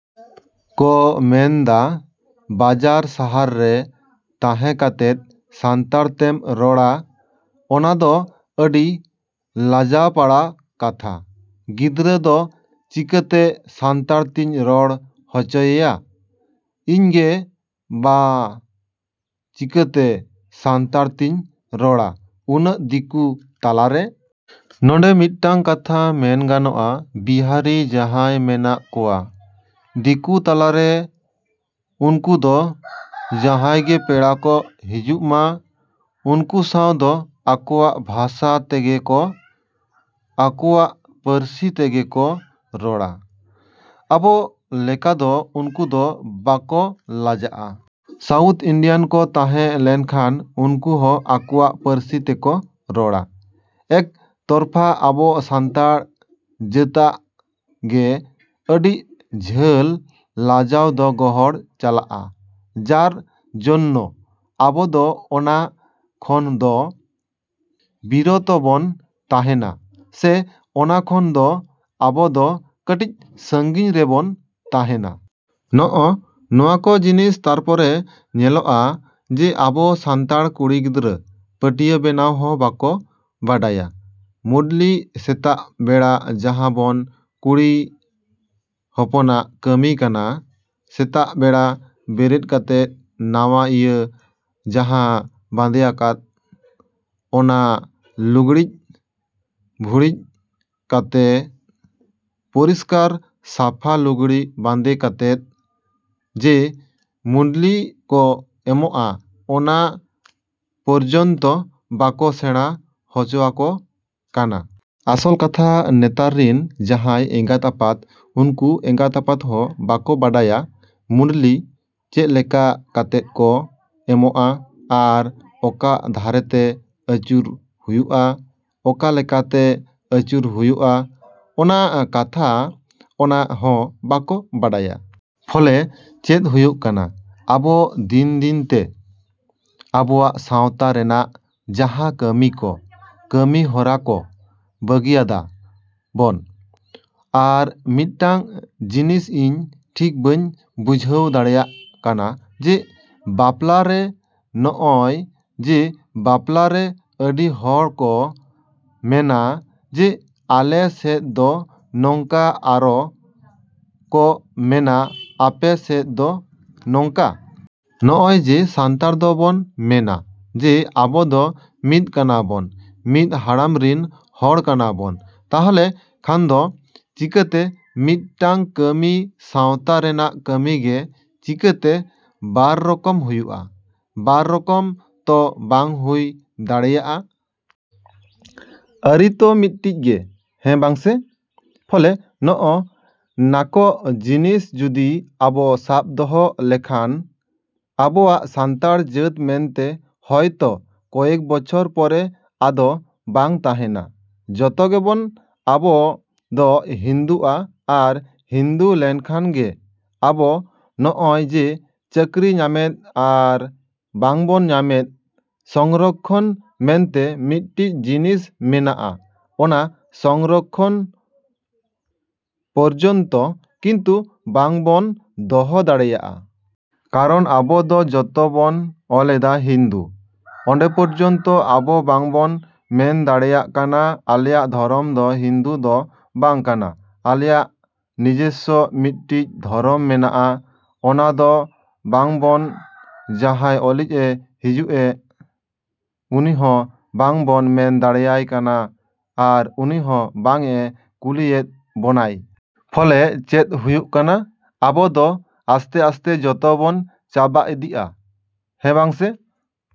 ᱠᱚ ᱢᱮᱱᱫᱟ ᱵᱟᱡᱟᱨ ᱥᱟᱦᱟᱨ ᱨᱮ ᱛᱟᱦᱮᱸ ᱠᱟᱛᱮᱫ ᱥᱟᱱᱛᱟᱲ ᱛᱮᱢ ᱨᱚᱲᱟ ᱚᱱᱟ ᱫᱚ ᱟᱹᱰᱤ ᱞᱟᱡᱟᱯᱟᱲᱟ ᱠᱟᱛᱷᱟ᱾ ᱜᱤᱫᱽᱨᱟᱹ ᱫᱚ ᱪᱤᱠᱟᱹᱛᱮ ᱥᱟᱱᱛᱟᱲ ᱛᱤᱧ ᱨᱚᱲ ᱦᱚᱪᱚᱭᱮᱭᱟ? ᱤᱧ ᱜᱮ ᱵᱟ ᱪᱤᱠᱟᱹᱛᱮ ᱥᱟᱱᱛᱟᱲ ᱛᱤᱧ ᱨᱚᱲᱟ ᱩᱱᱟᱹᱜ ᱫᱤᱠᱩ ᱛᱟᱞᱟ ᱨᱮ᱾ ᱱᱚᱰᱮ ᱢᱤᱫᱴᱟᱹᱝ ᱠᱟᱛᱷᱟ ᱢᱮᱱ ᱜᱟᱱᱚᱜᱼᱟ ᱵᱤᱦᱟᱨᱤ ᱡᱟᱦᱟᱸᱭ ᱢᱮᱱᱟᱜ ᱠᱚᱣᱟ ᱫᱤᱠᱩ ᱛᱟᱞᱟ ᱨᱮ ᱩᱱᱠᱩ ᱫᱚ ᱡᱟᱦᱟᱸᱭ ᱜᱮ ᱯᱮᱲᱟ ᱠᱚ ᱦᱤᱡᱩᱜ ᱢᱟ ᱩᱱᱠᱩ ᱥᱟᱶ ᱫᱚ ᱟᱠᱚᱣᱟᱜ ᱵᱷᱟᱥᱟ ᱛᱮᱜᱮ ᱠᱚ ᱟᱠᱚᱣᱟᱜ ᱯᱟᱹᱨᱥᱤ ᱛᱮᱜᱮ ᱠᱚ ᱨᱚᱲᱟ᱾ ᱟᱵᱚ ᱞᱮᱠᱟ ᱫᱚ ᱩᱱᱠᱩ ᱫᱚ ᱵᱟᱠᱚ ᱞᱟᱡᱟᱜᱼᱟ᱾ ᱥᱟᱣᱩᱛᱷ ᱤᱱᱰᱤᱭᱟᱱ ᱠᱚ ᱛᱟᱦᱮᱸ ᱞᱮᱱᱠᱷᱟᱱ ᱩᱱᱠᱩ ᱦᱚᱸ ᱟᱠᱚᱣᱟᱜ ᱯᱟᱹᱨᱥᱤ ᱛᱮᱠᱚ ᱨᱚᱲᱟ᱾ ᱮᱠ ᱢᱟᱛᱨᱚ ᱟᱵᱚ ᱥᱟᱱᱛᱟᱲ ᱡᱟᱹᱛᱟᱜ ᱜᱮ ᱟᱹᱰᱤ ᱡᱷᱟᱹᱞ ᱞᱟᱡᱟᱣ ᱫᱚ ᱜᱚᱦᱚᱲ ᱪᱟᱞᱟᱜᱼᱟ ᱡᱟᱨ ᱡᱚᱱᱱᱚ ᱟᱵᱚ ᱫᱚ ᱚᱱᱟ ᱠᱷᱚᱱ ᱫᱚ ᱵᱤᱨᱚᱛᱚ ᱵᱚᱱ ᱛᱟᱦᱮᱱᱟ ᱥᱮ ᱚᱱᱟ ᱠᱷᱚᱱ ᱫᱚ ᱟᱵᱚ ᱫᱚ ᱠᱟᱹᱴᱤᱡ ᱥᱟᱺᱜᱤᱧ ᱨᱮ ᱵᱚᱱ ᱛᱟᱦᱮᱱᱟ᱾ ᱱᱚᱜᱼᱚ ᱱᱚᱣᱟ ᱠᱚ ᱡᱤᱱᱤᱥ ᱛᱟᱨᱯᱚᱨᱮ ᱧᱮᱞᱚᱜᱚᱜᱼᱟ ᱡᱮ ᱟᱵᱚ ᱥᱟᱱᱛᱟᱲ ᱠᱩᱲᱤ ᱜᱤᱫᱽᱨᱟᱹ ᱯᱟᱹᱴᱭᱟᱹ ᱵᱮᱱᱟᱣ ᱦᱚᱸ ᱵᱟᱠᱚ ᱵᱟᱲᱟᱭᱟ᱾ ᱢᱩᱰᱩᱞᱤ ᱥᱮᱛᱟᱜ ᱵᱮᱲᱟ ᱡᱟᱦᱟᱸ ᱵᱚᱱ ᱠᱩᱲᱤ ᱦᱚᱯᱚᱱᱟᱜ ᱠᱟᱹᱢᱤ ᱠᱟᱱᱟ ᱥᱮᱛᱟᱜ ᱵᱮᱲᱟ ᱵᱮᱨᱮᱫ ᱠᱟᱛᱮᱫ ᱱᱟᱣᱟ ᱤᱭᱟᱹ ᱡᱟᱦᱟᱸ ᱵᱟᱸᱫᱮᱣᱟᱠᱟᱫ ᱚᱱᱟ ᱞᱩᱜᱽᱲᱤᱡ ᱵᱷᱩᱲᱤᱡ ᱠᱟᱛᱮᱫ ᱯᱚᱨᱤᱥᱠᱟᱨ ᱥᱟᱯᱷᱟ ᱞᱩᱜᱽᱲᱤᱡ ᱵᱟᱸᱫᱮ ᱠᱟᱛᱮᱫ ᱡᱮ ᱢᱩᱰᱩᱞᱤ ᱠᱚ ᱮᱢᱚᱜᱼᱟ ᱚᱱᱟ ᱯᱚᱨᱡᱚᱱᱛᱚ ᱵᱟᱠᱚ ᱥᱮᱬᱟ ᱦᱚᱪᱚᱣᱟᱠᱚ ᱠᱟᱱᱟ᱾ ᱟᱥᱚᱞ ᱠᱟᱛᱷᱟ ᱱᱮᱛᱟᱨ ᱨᱤᱱ ᱡᱟᱦᱟᱸᱭ ᱮᱸᱜᱟᱛ ᱟᱯᱟᱛ ᱩᱱᱠᱩ ᱮᱸᱜᱟᱛ ᱦᱚᱸ ᱵᱟᱝ ᱠᱚ ᱵᱟᱲᱟᱭᱟ ᱢᱩᱰᱩᱞᱤ ᱪᱮᱫ ᱞᱮᱠᱟ ᱠᱟᱛᱮᱫ ᱠᱚ ᱮᱢᱟᱜᱼᱟ ᱟᱨ ᱚᱠᱟ ᱫᱷᱟᱨᱮ ᱛᱮ ᱟᱹᱪᱩᱨ ᱦᱩᱭᱩᱜᱼᱟ, ᱚᱠᱟ ᱞᱮᱠᱟ ᱛᱮ ᱟᱹᱪᱩᱨ ᱦᱩᱭᱩᱜᱼᱟ ᱚᱱᱟ ᱠᱟᱛᱷᱟ ᱚᱱᱟ ᱦᱚᱸ ᱵᱟᱠᱚ ᱵᱟᱲᱟᱭᱟ᱾ ᱯᱷᱚᱞᱮ ᱪᱮᱫ ᱦᱩᱭᱩᱜ ᱠᱟᱱᱟ ᱟᱵᱚ ᱫᱤᱱ ᱫᱤᱱ ᱛᱮ ᱟᱵᱚᱣᱟᱜ ᱥᱟᱶᱛᱟ ᱨᱮᱱᱟᱜ ᱡᱟᱦᱟᱸ ᱠᱟᱹᱢᱤ ᱠᱚ, ᱠᱟᱹᱢᱤ ᱦᱚᱨᱟ ᱠᱚ ᱵᱟᱹᱜᱤᱭᱮᱫᱟ ᱵᱚᱱ᱾ ᱟᱨ ᱢᱤᱫᱴᱟᱹᱝ ᱡᱤᱱᱤᱥ ᱤᱧ ᱴᱷᱤᱠ ᱵᱟᱹᱧ ᱵᱩᱡᱷᱟᱹᱣ ᱫᱟᱲᱮᱭᱟᱜ ᱠᱟᱱᱟ ᱡᱮ ᱵᱟᱯᱞᱟ ᱨᱮ ᱱᱚᱜᱼᱚᱭ ᱡᱮ ᱵᱟᱯᱞᱟ ᱨᱮ ᱟᱹᱰᱤ ᱦᱚᱲ ᱠᱚ ᱢᱮᱱᱟ ᱡᱮ ᱟᱞᱮ ᱥᱮᱫ ᱫᱚ ᱱᱚᱝᱠᱟ ᱟᱨᱚ ᱠᱚ ᱢᱮᱱᱟ ᱟᱯᱮ ᱥᱮᱫ ᱫᱚ ᱱᱚᱝᱠᱟ᱾ ᱱᱚᱜᱼᱚᱭ ᱡᱮ ᱥᱟᱱᱛᱟᱲ ᱫᱚ ᱵᱚᱱ ᱢᱮᱱᱟ ᱡᱮ ᱟᱵᱚ ᱫᱚ ᱢᱤᱫ ᱠᱟᱱᱟ ᱵᱚᱱ, ᱢᱤᱫ ᱦᱟᱲᱟᱢ ᱨᱤᱱ ᱦᱚᱲ ᱠᱟᱱᱟ ᱵᱚᱱ᱾ ᱛᱟᱦᱞᱮ ᱠᱷᱟᱱ ᱫᱚ ᱪᱤᱠᱟᱹᱛᱮ ᱢᱤᱫᱴᱟᱹᱝ ᱠᱟᱹᱢᱤ ᱥᱟᱶᱛᱟ ᱨᱮᱱᱟᱜ ᱠᱟᱹᱢᱤ ᱜᱮ ᱪᱤᱠᱟᱹᱛᱮ ᱵᱟᱨ ᱨᱚᱠᱚᱢ ᱦᱩᱭᱩᱜᱼᱟ? ᱵᱟᱨ ᱨᱚᱠᱚᱢ ᱛᱚ ᱵᱟᱝ ᱦᱩᱭ ᱫᱟᱲᱮᱭᱟᱜᱼᱟ᱾ ᱟᱹᱨᱤ ᱛᱚ ᱢᱤᱫᱴᱤᱡ ᱜᱮ ᱦᱮᱸ ᱵᱟᱝ ᱥᱮ? ᱯᱷᱚᱞᱮ ᱱᱚᱜᱼᱚ ᱱᱟᱠᱚ ᱡᱤᱱᱤᱥ ᱡᱩᱫᱤ ᱟᱵᱚ ᱥᱟᱵᱽ ᱫᱚᱦᱚ ᱞᱮᱠᱷᱟᱱ ᱟᱵᱚᱣᱟᱜ ᱥᱟᱱᱛᱟᱲ ᱡᱟᱹᱛ ᱢᱮᱱᱛᱮ ᱦᱚᱭᱛᱚ ᱠᱚᱭᱮᱠ ᱵᱚᱪᱷᱚᱨ ᱯᱚᱨᱮ ᱟᱫᱚ ᱵᱟᱝ ᱛᱟᱦᱮᱱᱟ᱾ ᱡᱚᱛᱚ ᱜᱮ ᱵᱚᱱ ᱟᱵᱚ ᱫᱚ ᱦᱤᱱᱫᱩᱼᱟ ᱟᱨ ᱦᱤᱱᱫᱩ ᱞᱮᱠᱷᱟᱱ ᱜᱮ ᱟᱵᱚ ᱱᱚᱜᱼᱚᱭ ᱡᱮ ᱪᱟᱹᱠᱨᱤ ᱧᱟᱢᱮᱫ ᱟᱨ ᱵᱟᱵᱚᱱ ᱧᱟᱢᱮᱫ ᱥᱚᱝᱨᱚᱠᱠᱷᱚᱱ ᱢᱮᱱᱛᱮ ᱢᱤᱫᱴᱤᱡ ᱡᱤᱱᱤᱥ ᱢᱮᱱᱟᱜᱼᱟ ᱚᱱᱟ ᱥᱚᱝᱨᱚᱠᱠᱷᱚᱱ ᱯᱚᱨᱡᱚᱱᱛᱚ ᱠᱤᱱᱛᱩ ᱵᱟᱵᱚᱱ ᱫᱚᱦᱚ ᱫᱟᱲᱮᱭᱟᱜᱼᱟ᱾ ᱠᱟᱨᱚᱱ ᱟᱵᱚ ᱫᱚ ᱡᱚᱛᱚ ᱵᱚᱱ ᱚᱞᱮᱫᱟ ᱦᱤᱱᱫᱩ᱾ ᱚᱸᱰᱮ ᱯᱚᱨᱡᱚᱱᱛᱚ ᱟᱵᱚ ᱵᱟᱵᱚᱱ ᱢᱮᱱ ᱫᱟᱲᱮᱭᱟᱜ ᱠᱟᱱᱟ ᱟᱞᱮᱭᱟᱜ ᱫᱷᱚᱨᱚᱢ ᱫᱚ ᱦᱤᱱᱫᱩ ᱫᱚ ᱵᱟᱝ ᱠᱟᱱᱟ, ᱟᱞᱮᱭᱟᱜ ᱱᱤᱡᱚᱥᱥᱚ ᱢᱤᱫᱴᱤᱡ ᱫᱷᱚᱨᱚᱢ ᱢᱮᱱᱟᱜᱼᱟ᱾ ᱚᱱᱟ ᱫᱚ ᱵᱟᱵᱚᱱ ᱡᱟᱦᱟᱸᱭ ᱚᱞᱤᱡ ᱮ ᱦᱤᱡᱩᱜᱼᱮ ᱩᱱᱤ ᱦᱚᱸ ᱵᱟᱵᱚᱱ ᱢᱮᱱ ᱫᱟᱲᱮᱭᱟᱭ ᱠᱟᱱᱟ ᱟᱨ ᱩᱱᱤ ᱦᱚᱸ ᱵᱟᱝ ᱮ ᱠᱩᱞᱤᱭᱮᱫ ᱵᱚᱱᱟᱭ᱾ ᱯᱷᱚᱞᱮ ᱪᱮᱫ ᱦᱩᱭᱩᱜ ᱠᱟᱱᱟ ᱟᱵᱚ ᱫᱚ ᱟᱥᱛᱮᱼᱟᱥᱛᱮ ᱡᱚᱛᱚ ᱵᱚᱱ ᱪᱟᱵᱟ ᱤᱫᱤᱜᱼᱟ᱾ ᱦᱮᱸ ᱵᱟᱝ ᱥᱮ᱾